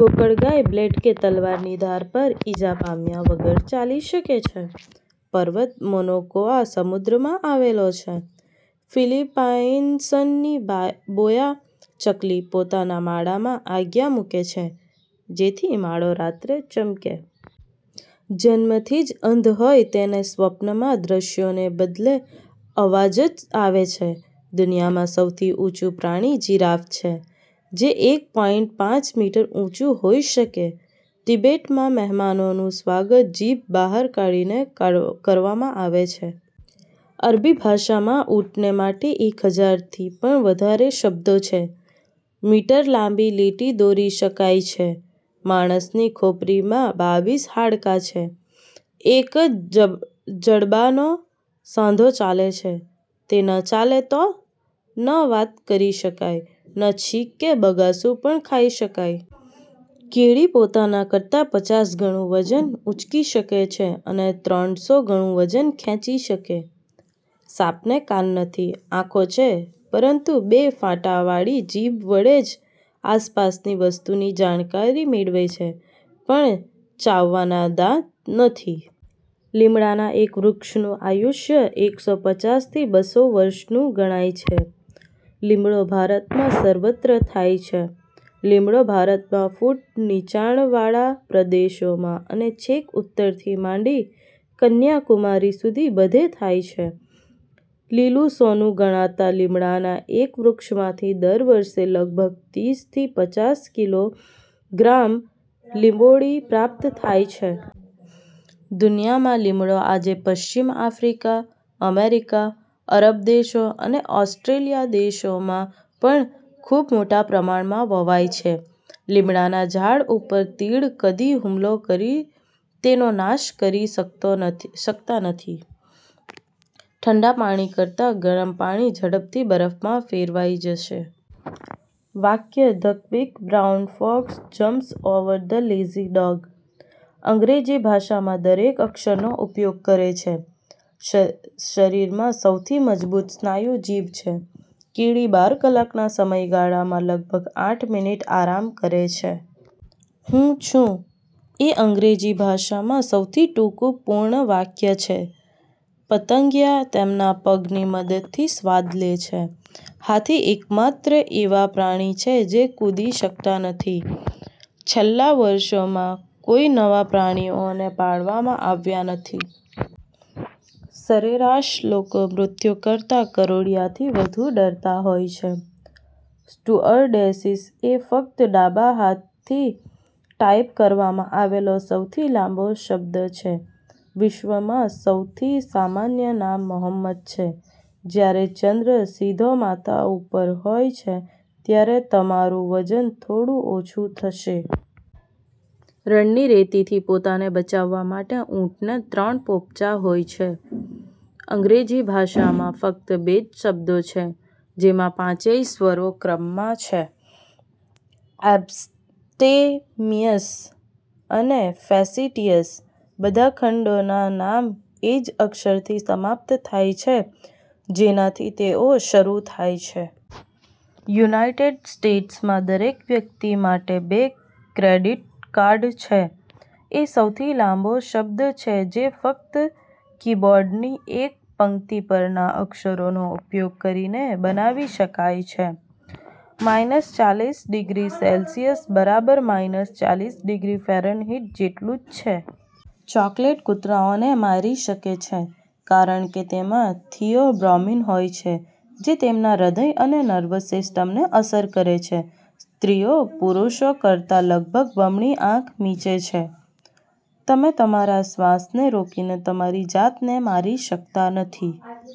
ગોકળગાય blade કે તલવાર ની ધાર પર ઇજા પામ્યા વગર ચાલી શકે છે! પર્વત ' મોનોકોઆ ' સમુદ્રમાં આવેલો છે! ફિલિપાઇન્સન ની બાયા' બોયા ' ચકલી પોતાના માળામાં આગિયા મૂકે છે, જેથી માળો રાત્રે ચમકે! જન્મથી જ અંધ હોય તેને સ્વપ્નમાં દ્રશ્યોને બદલે અવાજ જ આવે છે! દુનિયામાં સૌથી ઊંચું પ્રાણી જિરાફ છે, જે એક પોઇન્ટ પાંચ મીટર ઊંચું હોઇ શકે! તિબેટમાં મહેમાનોનું સ્વાગત જીભ બહાર કાઢીને કર કરવામાં આવે છે. અરબી ભાષામાં ઊંટને માટે એક હજારથી પણ વધારે શબ્દો છે! મીટર લાંબી લીટી દોરી શકાય છે! માણસની ખોપરીમાં બાવીસ હાડકાં છે, એક જ જબ જડબાનો સાંધો ચાલે છે! તે ન ચાલે તો? ન વાત કરી શકાય, ન છીંક કે બગાસું પણ ખાઇ શકાય! કીડી પોતાના કરતાં પચાસ ગણું વજન ઊંચકી શકે છે અને ત્રણ સો ગણું વજન ખેંચી શકે! સાપને કાન નથી, આંખો છે, પરંતુ બે ફાંટાવાળી જીભ વડે જ આસપાસની વસ્તુની જાણકારી મેળવે છે, પણ ચાવવાના દાંત નથી. લીમડાના એક વૃક્ષનું આયુષ્ય એક સો પચાસ થી બસો વર્ષનું ગણાય છે. લીમડો ભારતમાં સર્વત્ર થાય છે. લીમડો ભારતમાં ફૂટ નીચાણવાળા પ્રદેશોમાં અને છેક ઉત્તરથી માંડી કન્યાકુમારી સુધી બધે થાય છે. લીલું સોનું ગણાતા લીમડાના એક વૃક્ષમાંથી દર વર્ષે લગભગ તીસ થી પચાસકિલો ગ્રામ લીંબોળી પ્રાપ્ત થાય છે. દુનિયામાં લીમડો આજે પશ્ચિમ આફ્રિકા, અમેરિકા, અરબદેશો અને ઑસ્ટ્રેલિયા દેશોમાં પણ ખૂબ મોટા પ્રમાણમાં વવાય છે. લીમડાના ઝાડ ઉપર તીડ કદી હુમલો કરી, તેનો નાશ કરી શકતો શકતા નથી. ઠંડા પાણી કરતાં ગરમ પાણી ઝડપથી બરફમાં ફેરવાઈ જશે. વાક્ય, "the quick brown fox jumps over the lazy dog" Angreji ભાષામાં દરેક અક્ષરનો ઉપયોગ કરે છે. શર શરીરમાં સૌથી મજબૂત સ્નાયુ જીભ છે. કીડી બાર કલાકના સમયગાળામાં લગભગ આઠ મિનિટ આરામ કરે છે। "હું છું" એ અંગ્રેજી ભાષામાં સૌથી ટૂંકું પૂર્ણ વાક્ય છે. પતંગિયા તેમના પગ ની મદદ થી સ્વાદ લે છે. હાથી એકમાત્ર એવા પ્રાણી છે જે કૂદી શકતા નથી. છેલ્લા વર્ષોમાં, કોઈ નવા પ્રાણીઓને પાળવામાં આવ્યા નથી. સરેરાશ, લોકો મૃત્યુ કરતાં કરોળિયાથી વધુ ડરતા હોય છે. સ્ટુઅર્ડેસીસ એ ફક્ત ડાબા હાથથી ટાઇપ કરવામાં આવેલો સૌથી લાંબો શબ્દ છે. વિશ્વમાં સૌથી સામાન્ય નામ મોહમ્મદ છે. જ્યારે ચંદ્ર સીધો માથા ઉપર હોય છે, ત્યારે તમારું વજન થોડું ઓછું થશે. રણની રેતીથી પોતાને બચાવવા માટે ઊંટને ત્રણ પોપચા હોય છે. અંગ્રેજી ભાષામાં ફક્ત બે જ શબ્દો છે જેમાં પાંચેય સ્વરો ક્રમમાં છે: "એબ્સ્ટેમિયસ" અને "ફેસીટીયસ. " બધા ખંડોના નામ એ જ અક્ષરથી સમાપ્ત થાય છે જેનાથી તેઓ શરૂ થાય છે. યુનાઇટેડ સ્ટેટ્સમાં દરેક વ્યક્તિ માટે બે ક્રેડિટ કાર્ડ છે. એ સૌથી લાંબો શબ્દ છે જે ફક્ત કીબોર્ડની એક પંક્તિ પરના અક્ષરોનો ઉપયોગ કરીને બનાવી શકાય છે. માઈનસ ચાલીસ ડિગ્રી સેલ્સિયસ બરાબર માઈનસ ચાલીસ ડિગ્રી ફેરનહીટ જેટલું જ છે। ચોકલેટ કૂતરાઓને મારી શકે છે, કારણ કે તેમાં થિયોબ્રોમિન હોય છે, જે તેમના હૃદય અને નર્વસ સિસ્ટમને અસર કરે છે. સ્ત્રીઓ પુરૂષો કરતા લગભગ બમણી આંખ મીંચે છે! તમે તમારા શ્વાસને રોકીને તમારી જાતને મારી શકતા નથી.